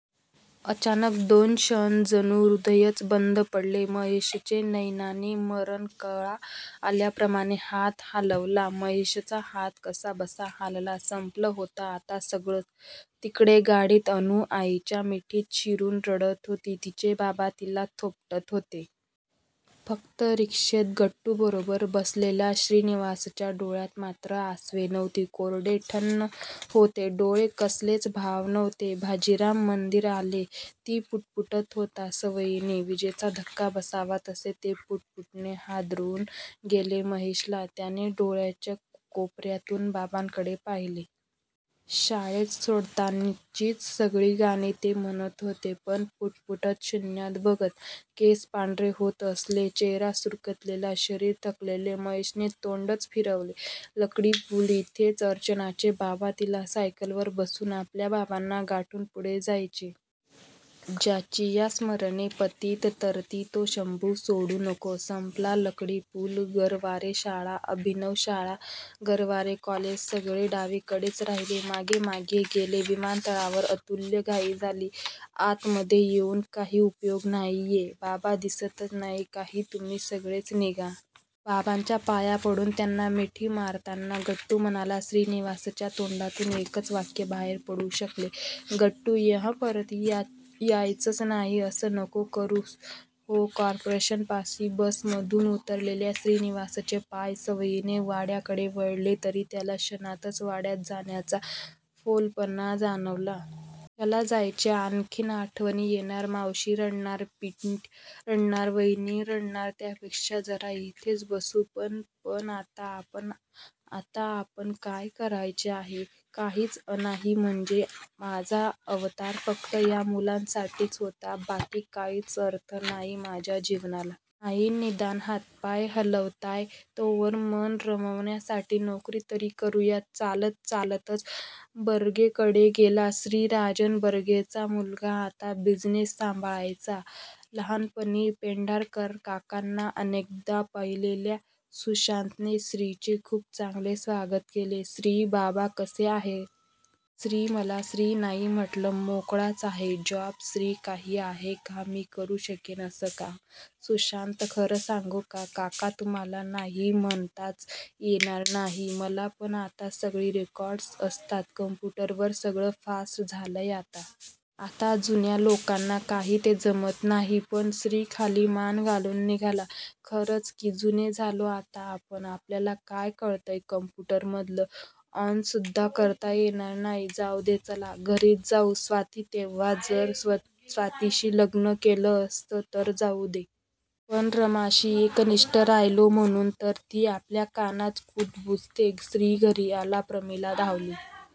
अचानक दोन क्षण जणू हृदयच बंद पडले महेशचे नैनाने मरणकळा आल्याप्रमाणे हात हालवला. महेशचा हात कसाबसा हालला. संपलं होतं आता सगळंच. तिकडे गाडीत अनु आईच्या मिठीत शिरून रडत होती. तिचे बाबा तिला थोपटत होते. फक्त रिक्षेत गट्टूबरोबर बसलेल्या श्रीनिवासच्या डोळ्यात मात्र आसवे नव्हती. कोरडे ठण्ण होते डोळे कसलेच भाव नव्हते. भाजीराम मंदीर आले. श्री पुटपुटत होता सवयीने. विजेचा धक्का बसावा तसे ते पुटपुटणे हादरवून गेले महेशला! त्याने डोळ्यांच्य कोपर्यातून बाबांकडे पाहिले. शाळेत सोडतानाचीच सगळी गाणी ते म्हणत होते, पण पुटपुटत शुन्यात बघत. केस पांढरे होत असले. चेहरा सुरकुतलेला, शरीर थकलेले. महेशने तोंडच फिरवले. लकडी पूल. इथेच अर्चनाचे बाबा तिला सायकलवर बसवून आपल्या बाबांना गाठून पुढे जायचे. ज्याचीया स्मरणे पतीत तरती तो शंभू सोडू नको. संपला लकडी पूल गरवारे शाळा, अभिनव शाळा, गरवारे कॉलेज सगळे डावीकडेच राहिले. मागे मागे गेले. विमानतळावर अतुल्य घाई झाली. आतमध्ये येऊन काही उपयोग नाहीये बाबा दिसतच नाही काही तुम्ही सगळेच निघा. बाबांच्या पाया पडून त्यांना मिठी मारताना गट्टू म्हणाला. श्रीनिवासच्या तोंडातून एकच वाक्य बाहेर पडू शकले. गट्टू ये हं परत? यायचंच नाही असं नको करूस हं कॉर्पोरेशनपाशी बसमधून उतरलेल्या श्रीनिवासचे पाय सवयीने वाड्याकडे वळले तरी त्याला क्षणातच वाड्यात जाण्याचा फोलपणा जाणवला. कशाला जायचे? आणखीन आठवणी येणार. मावशी रडणार. पिट्या रडणार. वहिनी रडणार. त्यापेक्षा जरा इथेच बसू पण पण आता आपण आता आपण काय करायचे आहे? काहीच अनाही? म्हणजे? माझा अवतार फक्त या मुलासाठीच होता? बाकी काहीच अर्थ नाही माझ्या जीवनाला? नाही. निदान हातपाय हलतायत तोवर मन रमवण्यासाठी नोकरी तरी करूयात. चालत चालतच बर्गेंकडे गेला श्री! राजन बर्गेंचा मुलगा आता बिझिनेस सांभाळायचा! लहानपणी पेंढारकरकाकांना अनेकदा पाहिलेल्या सुशांतने श्रीचे खूप चांगले स्वागत केले. श्री बाबा कसे आहेत? श्री मला श्री नाही म्हंटलं. मोकळाच आहे. जॉब श्री काही आहे का मी करू शकेन असं काम? सुशांत खरं सांगू का काका तुम्हाला नाही म्हणताच येणार नाही मला पण आता सगळी रेकॉर्ड्स असतात कंप्युटरवर सगळं फास्ट झालंय आता. आता जुन्या लोकांना काही ते जमत नाही. पण श्री खाली मान घालून निघाला. खरंच की जुने झालो आता आपण आपल्याला काय कळतंय काँप्युटरमधलं? ऑनसुद्धा करता येणार नाही. जाउदे चला. घरीच जाऊ. स्वाती तेव्हा जर स्वातीशी लग्नं केलं असतं तर जाउदे. आपण रमाशी एकनिष्ठ राहिलो म्हणून तर ती आपल्या कानात कुबुजते. श्री घरी आला. प्रमिला धावली.